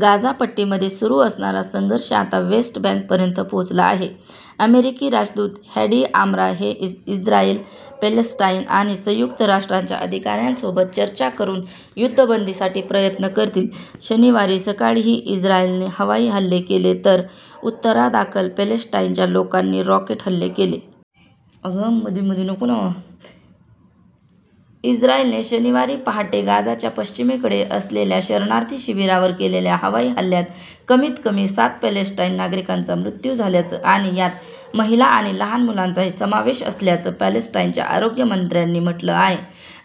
गाझापट्टीमध्ये सुरू असणारा संघर्ष आता वेस्ट बँकपर्यंत पोहोचला आहे. अमेरिकी राजदूत हॅडी आम्रा हे इस्रायल, पॅलेस्टाईन आणि संयुक्त राष्ट्रांच्या अधिकाऱ्यांसोबत चर्चा करून युद्धबंदीसाठी प्रयत्न करतील. शनिवारी सकाळीही इस्रायलने हवाई हल्ले केले तर उत्तरादाखल पॅलेस्टाईनच्या लोकांनी रॉकेट हल्ले केले. इस्रायलने शनिवारी पहाटे गाझाच्या पश्चिमेकडे असलेल्या शरणार्थी शिबिरावर केलेल्या हवाई हल्ल्यात कमीत कमी सात पॅलेस्टाईन नागरिकांचा मृत्यू झाल्याचं आणि यात महिला आणि लहान मुलांचाही समावेश असल्याचं पॅलेस्टाईनच्या आरोग्य मंत्र्यांनी म्हटलं आहे.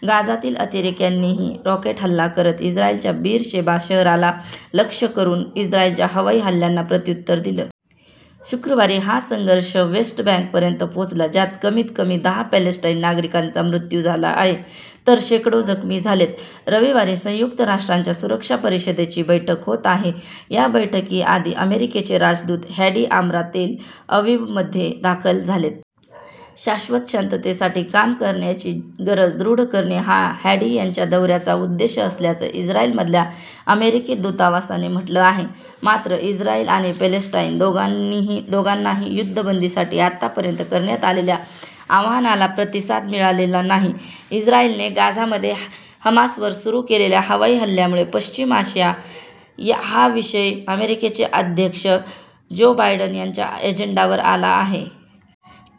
गाझातील अतिरेक्यांनीही रॉकेट हल्ला करत इस्रायलच्या बीरशेबा शहराला लक्ष्य करून इस्रायलच्या हवाई हल्ल्यांना प्रत्युत्तर दिलं. शुक्रवारी हा संघर्ष वेस्ट बँकपर्यंत पोहोचला. ज्यात कमीत कमी दहा पॅलेस्टाईन नागरिकांचा मृत्यू झाला आहे तर शेकडो जखमी झालेत. रविवारी संयुक्त राष्ट्रांच्या सुरक्षा परिषदेची बैठक होत आहे. या बैठकीआधी अमेरिकेचे राजदूत हॅडी आम्रा तेल अविवमध्ये दाखल झालेत. शाश्वत शांततेसाठी काम करण्याची गरज दृढ करणे हा हॅडी यांच्या दौऱ्याचा उद्देश असल्याचं इस्रायलमधल्या अमेरिकी दूतावासाने म्हटलं आहे. मात्र, इस्रायल आणि पॅलेस्टाईन दोघांनाही युद्धबंदीसाठी आतापर्यंत करण्यात आलेल्या आवाहनाला प्रतिसाद मिळालेला नाही. इस्रायलने गाझामध्ये हमासवर सुरू केलेल्या हवाई हल्ल्यामुळे पश्चिम आशिया हा विषय अमेरिकेचे अध्यक्ष जो बायडन यांच्या अजेंड्यावर आला आहे.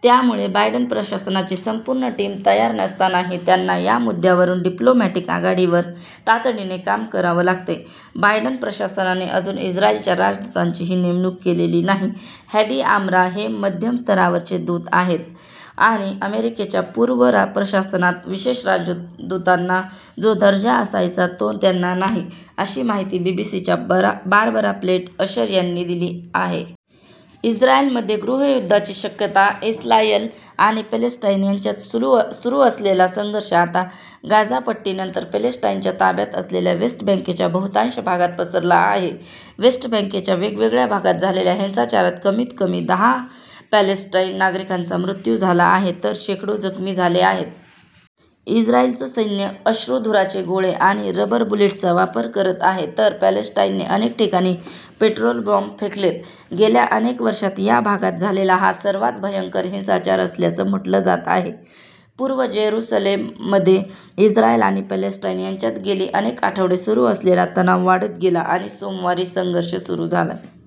त्यामुळे बायडन प्रशासनाची संपूर्ण टीम तयार नसतानाही त्यांना या मुद्द्यावरून डिप्लोमॅटिक आघाडीवर तातडीने काम करावं लागतंय. बायडन प्रशासनाने अजून इस्रायलच्या राजदूतांचीही नेमणूक केलेली नाही. हॅडी आम्रा हे मध्यम-स्तरावरचे दूत आहेत आणि अमेरिकेच्या पूर्व प्रशासनात विशेष राजदूतांना जो दर्जा असायचा तो त्यांना नाही, अशी माहिती बीबीसीच्या बारबरा प्लेट अशर यांनी दिली आहे. इस्रायलमध्ये गृहयुद्धाची शक्यता इस्लायल आणि पॅलेस्टाईन यांच्यात सुरू असलेला संघर्ष आता गाझापट्टीनंतर पॅलेस्टाईनच्या ताब्यात असलेल्या वेस्ट बँकेच्या बहुतांश भागात पसरला आहे. वेस्ट बँकच्या वेगवेगळ्या भागात झालेल्या हिंसाचारात कमीत कमी दहा पॅलेस्टाईन नागरिकांचा मृत्यू झाला आहे तर शेकडो जखमी झाले आहेत. इस्रायलचं सैन्य अश्रूधुराचे गोळे आणि रबर बुलेट्सचा वापर करत आहे. तर पॅलेस्टाईनने अनेक ठिकाणी पेट्रोल बॉम्ब फेकलेत. गेल्या अनेक वर्षांत या भागात झालेला हा 'सर्वात भयंकर हिंसाचार' असल्याचं म्हटलं जात आहे. पूर्व जेरुसलेममध्ये इस्रायल आणि पॅलेस्टाईन यांच्यात गेली अनेक आठवडे सुरू असलेला तणाव वाढत गेला आणि सोमवारी संघर्ष सुरू झाला.